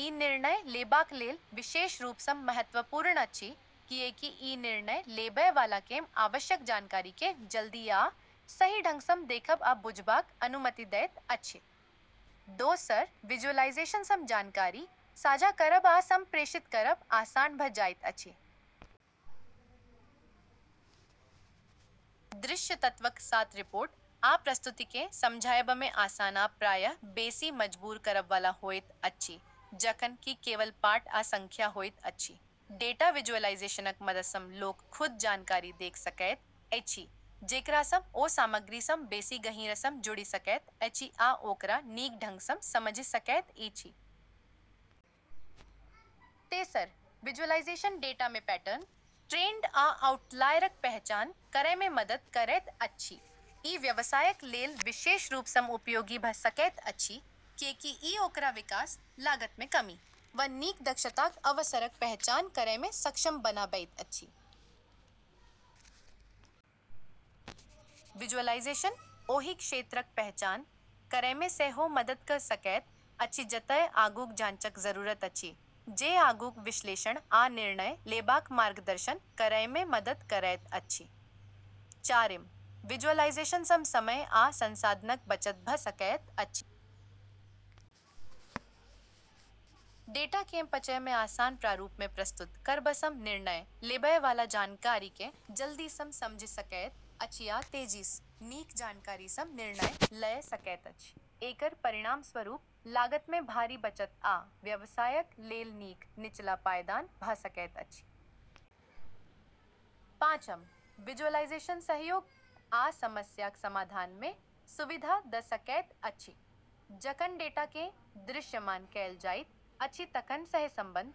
ई निर्णय लेबाक लेल विशेष रूपसँ महत्वपूर्ण अछि, किएकि ई निर्णय लेबय वालाकेँ आवश्यक जानकारीकेँ जल्दी आ सही ढङ्गसँ देखब आ बुझबाक अनुमति दैत अछि। दोसर, विजुअलाइजेशनसँ जानकारी साझा करब आ सम्प्रेषित करब आसान भऽ जाइत अछि। दृश्य तत्वक साथ रिपोर्ट आ प्रस्तुतिकेँ समझायबमे आसान आ प्रायः बेसी मजबूर करब वाला होइत अछि, जखन कि केवल पाठ आ सङ्ख्या होइत अछि। डेटा विजुअलाइजेशनक मददसँ लोक खुद जानकारी देख सकैत अछि, जेकरासँ ओ सामग्रीसँ बेसी गहींरसँ जुड़ि सकैत अछि आ ओकरा नीक ढङ्गसँ समझि सकैत अछि। तेसर, विजुअलाइजेशन डेटामे पैटर्न, ट्रेन्ड आ आउटलायरक पहचान करैमे मदद करैत अछि। ई व्यवसायक लेल विशेष रूपसँ उपयोगी भऽ सकैत अछि, किएकि ई ओकरा विकास, लागतमे कमी, वा नीक दक्षताक अवसरक पहचान करैमे सक्षम बनाबैत अछि। विजुअलाइजेशन ओही क्षेत्रक पहचान करैमे सेहो मदद कऽ सकैत अछि जतय आगूक जाँचक जरूरत अछि, जे आगूक विश्लेषण आ निर्णय लेबाक मार्गदर्शन करैमे मदद करैत अछि। चारिम, विजुअलाइजेशनसँ समय आ संसाधनक बचत भऽ सकैत अछि। डेटाकेँ पचयमे आसान प्रारूपमे प्रस्तुत करबसँ निर्णय लेबय वाला जानकारीकेँ जल्दीसँ समझि सकैत अछि आ तेजीसँ, नीक जानकारीसँ निर्णय लय सकैत अछि। एकर परिणामस्वरूप लागतमे भारी बचत आ व्यवसायक लेल नीक निचला पायदान भऽ सकैत अछि। पाँचम, विजुअलाइजेशन सहयोग आ समस्याक समाधानमे सुविधा दऽ सकैत अछि। जखन डेटाकेँ दृश्यमान कएल जाइत अछि तखन सहसम्बन्ध,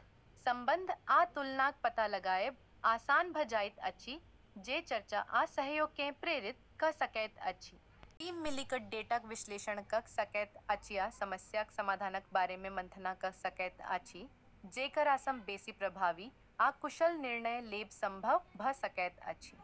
सम्बन्ध आ तुलनाक पता लगाएब आसान भऽ जाइत अछि, जे चर्चा आ सहयोगकेँ प्रेरित कऽ सकैत अछि। टीम मिलि कऽ डेटाक विश्लेषण कऽ सकैत अछि आ समस्याक समाधानक बारेमे मन्थना कऽ सकैत अछि, जेकरासँ बेसी प्रभावी आ कुशल निर्णय लेब सम्भव भऽ सकैत अछि।